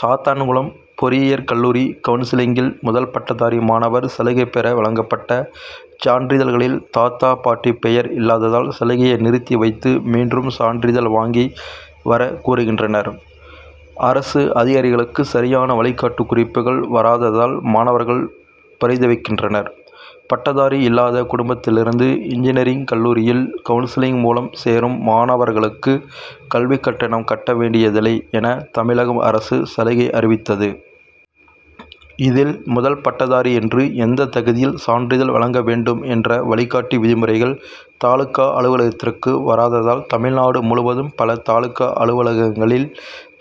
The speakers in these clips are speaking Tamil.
சாத்தான்குளம் பொறியியற் கல்லூரி கவுன்சிலிங்கில் முதல்பட்டதாரி மாணவர் சலுகை பெற வழங்கப்பட்ட சான்றிதழ்களில் தாத்தா பாட்டி பெயர் இல்லாததால் சலுகையை நிறுத்தி வைத்து மீண்டும் சான்றிதழ் வாங்கி வர கூறுகின்றனர். அரசு அதிகாரிகளுக்கு சரியான வழிகாட்டு குறிப்புகள் வராததால் மாணவர்கள் பரிதவிக்கின்றனர். பட்டதாரி இல்லாத குடும்பத்திலிருந்து இன்ஜினியரிங் கல்லூரியில் கவுன்சிலிங் மூலம் சேரும் மாணவர்களுக்கு கல்விக் கட்டணம் கட்ட வேண்டியதில்லை என தமிழக அரசு சலுகை அறிவித்தது. இதில் முதல் பட்டதாரி என்று எந்தத் தகுதியில் சான்றிதழ் வழங்க வேண்டும் என்ற வழிகாட்டி விதிமுறைகள் தாலுகா அலுவலகத்திற்கு வராததால் தமிழ்நாடு முழுவதும் பல தாலுகா அலுவலகங்களில்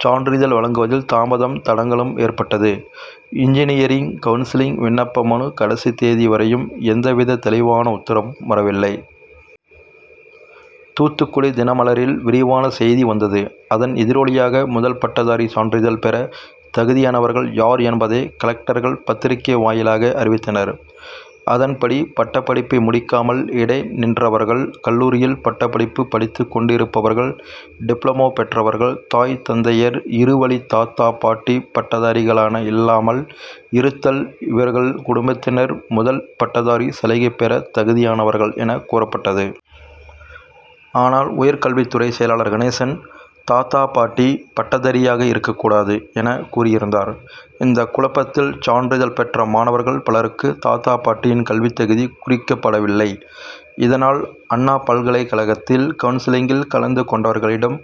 சான்றிதழ் வழங்குவதில் தாமதமும் தடங்கலும் ஏற்பட்டது. இஞ்ஜினியரிங் கவுன்சிலிங் விண்ணப்ப மனு கடைசி தேதி வரையும் எந்தவித தெளிவான உத்தரம் வரவில்லை. தூத்துக்குடி தினமலரில் விரிவான செய்தி வந்தது. அதன் எதிரொலியாக முதல்பட்டதாரி சான்றிதழ் பெற தகுதியானவர்கள் யார் என்பதை கலெக்டர்கள் பத்திரிகை வாயிலாக அறிவித்தனர். அதன் படி பட்டப்படிப்பை முடிக்காமல் இடை நின்றவர்கள், கல்லூரியில் பட்டப்படிப்பு படித்து கொண்டிருப்பவர்கள், டிப்ளமோ பெற்றவர்கள், தாய் தந்தையர் இருவழி தாத்தா பாட்டி பட்டதாரிகளான இல்லாமல் இருத்தல் இவர்கள் குடும்பத்தினர் முதல் பட்டதாரி சலுகை பெறத் தகுதியானவர்கள் என கூறப்பட்டது. ஆனால் உயர்கல்வித்துறைச் செயலாளர் கணேசன் தாத்தா, பாட்டி பட்டதாரியாக இருக்கக்கூடாது என கூறியிருந்தார். இந்த குழப்பத்தில் சான்றிதழ் பெற்ற மாணவர்கள் பலருக்கு தாத்தா பாட்டியின் கல்வித்தகுதி குறிக்கப்படவில்லை. இதனால் அண்ணா பல்கலைக் கழகத்தில் கவுன்சிலிங்கில் கலந்து கொண்டவர்களிடம்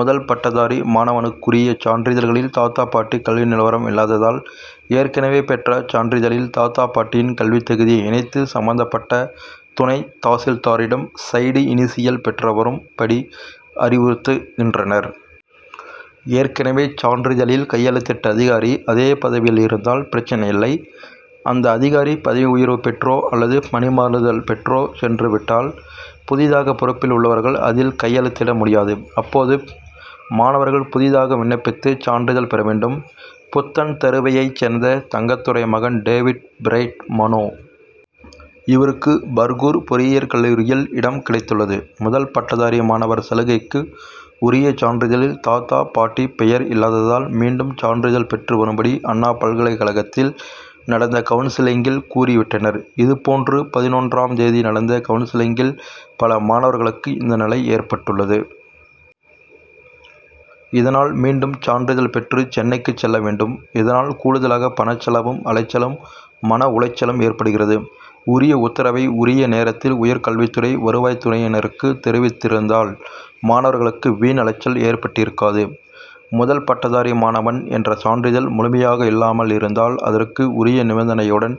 முதல் பட்டதாரி மாணவனுக்குரிய சான்றிதழ்களில் தாத்தா பாட்டி கல்வி நிலவரம் இல்லாததால் ஏற்கனவே பெற்ற சான்றிதழில் தாத்தா பாட்டியின் கல்வித் தகுதியை இணைத்து சம்பந்தப்பட்ட துணைத் தாசில்தாரிடம் சைடு இனிஷியல் பெற்றுவரும் படி அறிவுறுத்து கின்றனர். ஏற்கனவே சான்றிதழில் கையெழுத்திட்ட அதிகாரி அதே பதவியில் இருந்தால் பிரச்னை இல்லை. அந்த அதிகாரி பதவி உயர்வு பெற்றோ அல்லது பணிமாறுதல் பெற்றோ சென்று விட்டால் புதிதாக பொறுப்பில் உள்ளவர்கள் அதில் கையெழுத்திட முடியாது. அப்போது மாணவர்கள் புதிதாக விண்ணப்பித்து சான்றிதழ் பெற வேண்டும். புத்தன்தருவையைச் சேர்ந்த தங்கத்துரை மகன் டேவிட் பிரைட் மனோ. இவருக்கு பர்கூர் பொறியியற் கல்லூரியில் இடம் கிடைத்துள்ளது. முதல் பட்டதாரி மாணவர் சலுகைக்கு உரிய சான்றிதழில் தாத்தா பாட்டி பெயர் இல்லாததால் மீண்டும் சான்றிதழ் பெற்று வரும்படி அண்ணா பல்கலைக்கழகத்தில் நடந்த கவுன்சிலிங்கில் கூறி விட்டனர். இதுபோன்று பதினொன்றாம் தேதி நடந்த கவுன்சிலிங்கில் பல மாணவர்களுக்கு இந்த நிலை ஏற்பட்டுள்ளது. இதனால் மீண்டும் சான்றிதழ் பெற்று சென்னைக்கு செல்ல வேண்டும். இதனால் கூடுதலாக பணச் செலவும் அலைச்சலும், மன உளைச்சலும் ஏற்படுகிறது. உரிய உத்தரவை உரிய நேரத்தில் உயர் கல்வித்துறை வருவாய்த்துறையினருக்கு தெரிவித்திருந்தால் மாணவர்களுக்கு வீண் அலைச்சல் ஏற்பட்டிருக்காது. முதல் பட்டதாரி மாணவன் என்ற சான்றிதழ் முழுமையாக இல்லாமல் இருந்தால் அதற்கு உரிய நிபந்தனையுடன்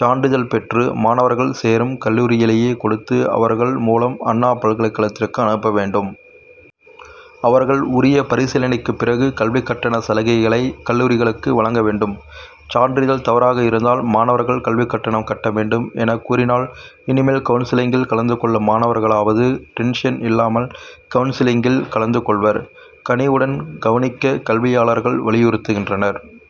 சான்றிதழ் பெற்று மாணவர்கள் சேரும் கல்லூரியிலேயே கொடுத்து அவர்கள் மூலம் அண்ணா பல்கலைக்கழகத்திற்கு அனுப்ப வேண்டும். அவர்கள் உரிய பரிசீலனைக்குப் பிறகு கல்விக் கட்டணச் சலுகைகளை கல்லூரிகளுக்கு வழங்க வேண்டும். சான்றிதழ் தவறாக இருந்தால் மாணவர்கள் கல்விக்கட்டணம் கட்ட வேண்டும் என கூறினால் இனிமேல் கவுன்சிலிங்கில் கலந்து கொள்ளும் மாணவர்களாவது டென்ஷன் இல்லாமல் கவுன்சிலிங்கில் கலந்து கொள்வர். கனிவுடன் கவனிக்க கல்வியாளர்கள் வலியுறுத்துகின்றனர்.